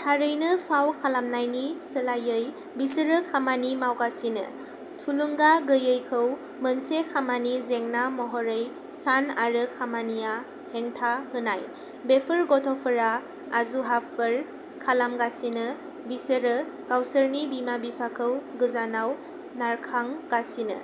थारैनो, फाव खालामनायनि सोलायै, बिसोरो खामानि मावगासिनो। थुलुंगा गैयैखौ मोनसे खामानि जेंना महरै सान-आरो खामानिआ हेंथा होनाय। बेफोर गथ'फोरा अजुहाबफोर खालामगासिनो; बिसोरो गावसोरनि बिमा-बिफाखौ गोजानाव नारखांगासिनो।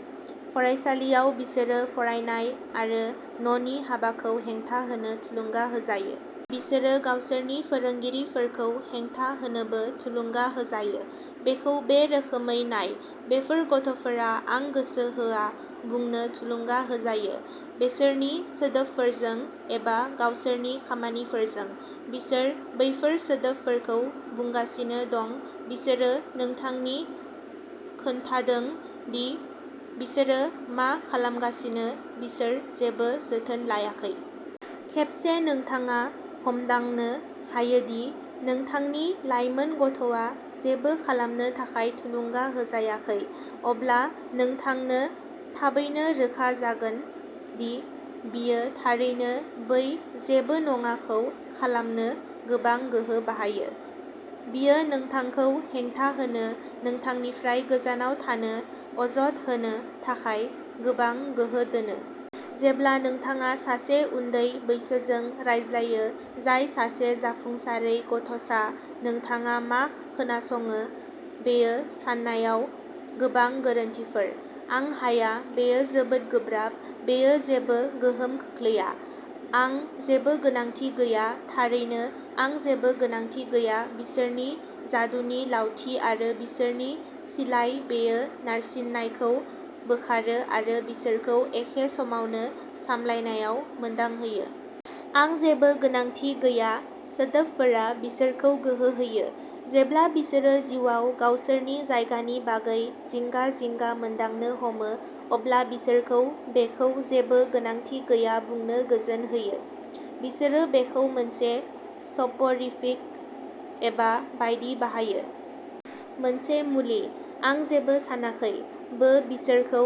फरायसालियाव, बिसोरो फरायनाय आरो न'नि हाबाखौ हेंथा होनो थुलुंगा होजायो। बिसोरो गावसोरनि फोरोंगिरिफोरखौ हेंथा होनोबो थुलुंगा होजायो। बेखौ बे रोखोमै नायः बेफोर गथ'फोरा "आं गोसो होआ" बुंनो थुलुंगा होजायो, बिसोरनि सोदोबफोरजों एबा गावसोरनि खामानिफोरजों। बिसोर बैफोर सोदोबफोरखौ बुंगासिनो दं; बिसोरो नोंथांनो खोन्थादों दि बिसोरो मा खालामगासिनो-बिसोर जेबो जोथोन लायाखै। खेबसे नोंथाङा हमदांनो हायो दि नोंथांनि लायमोन गथ'आ जेबो खालामनो थाखाय थुलुंगा होजायाखै, अब्ला नोंथांनो थाबैनो रोखा जागोन दि बियो थारैनो बै "जेबो नङा" खौ खालामनो गोबां गोहो बाहायो। बियो नोंथांखौ हेंथा होनो, नोंथांनिफ्राय गोजानाव थानो, अजद होनो थाखाय गोबां गोहो दोनो। जेब्ला नोंथाङा सासे उनदै बैसोजों रायज्लायो, जाय सासे जाफुंसारै गथ'सा, नोंथाङा मा खोनासङो, बेयो साननायाव गोबां गोरोन्थिफोर। "आं हाया; बेयो जोबोद गोब्राब; बेयो जेबो गोहोम खोख्लैया; आं जेबो गोनांथि गैया। " थारैनो, "आं जेबो गोनांथि गैया" बिसोरनि जादुनि लावथि आरो बिसोरनि सिलाइ-बेयो नारसिननायखौ बोखारो आरो बिसोरखौ एखे समावनो सामलायनायाव मोनदांहोयो। "आं जेबो गोनांथि गैया" सोदोबफोरा बिसोरखौ गोहो होयो। जेब्ला बिसोरो जिउआव गावसोरनि जायगानि बागै जिंगा-जिंगा मोनदांनो हमो, अब्ला बिसोरखौ बेखौ जेबो गोनांथि गैया बुंनो गोजोन होयो; बिसोरो बेखौ मोनसे स'प'रिफिक एबा बायदि बाहायो। मोनसे मुलि। "आं जेबो सानाखै" बो बिसोरखौ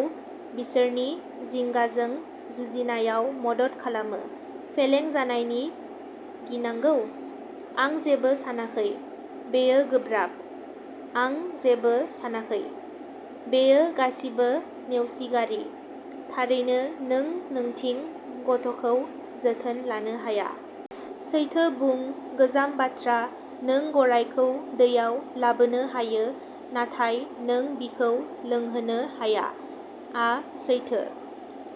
बिसोरनि जिंगाजों जुजिनायाव मदद खालामो। फेलें जानायनि गिनांगौ? "आं जेबो सानाखै। " बेयो गोब्राब? "आं जेबो सानाखै। " बेयो गासिबो नेवसिगारो। थारैनो, नों नोंनि गथ'खौ जोथोन लानो हाया। सैथो बुं, गोजाम बाथ्रा, "नों गरायखौ दैयाव लाबोनो हायो, नाथाय नों बिखौ लोंहोनो हाया" आ सैथो।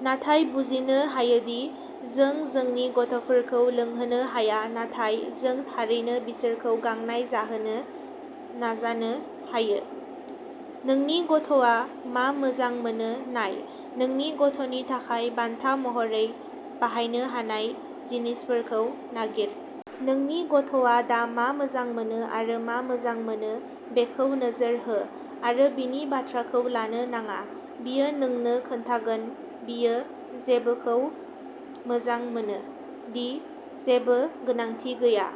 नाथाय बुजिनो हायोदि जों जोंनि गथ'फोरखौ लोंहोनो हाया, नाथाय जों थारैनो बिसोरखौ गांनाय जाहोनो नाजानो हायो। नोंनि गथ'आ मा मोजां मोनो नायः नोंनि गथ'नि थाखाय बान्था महरै बाहायनो हानाय जिनिसफोरखौ नागिर। नोंनि गथ'आ दा मा मोजां मोनो आरो मा मोजां मोनो बेखौ नोजोर हो। आरो बिनि बाथ्राखौ लानो नाङा; बियो नोंनो खोन्थागोन बियो जेबोखौ मोजां मोना; दि "जेबो गोनांथि गैया।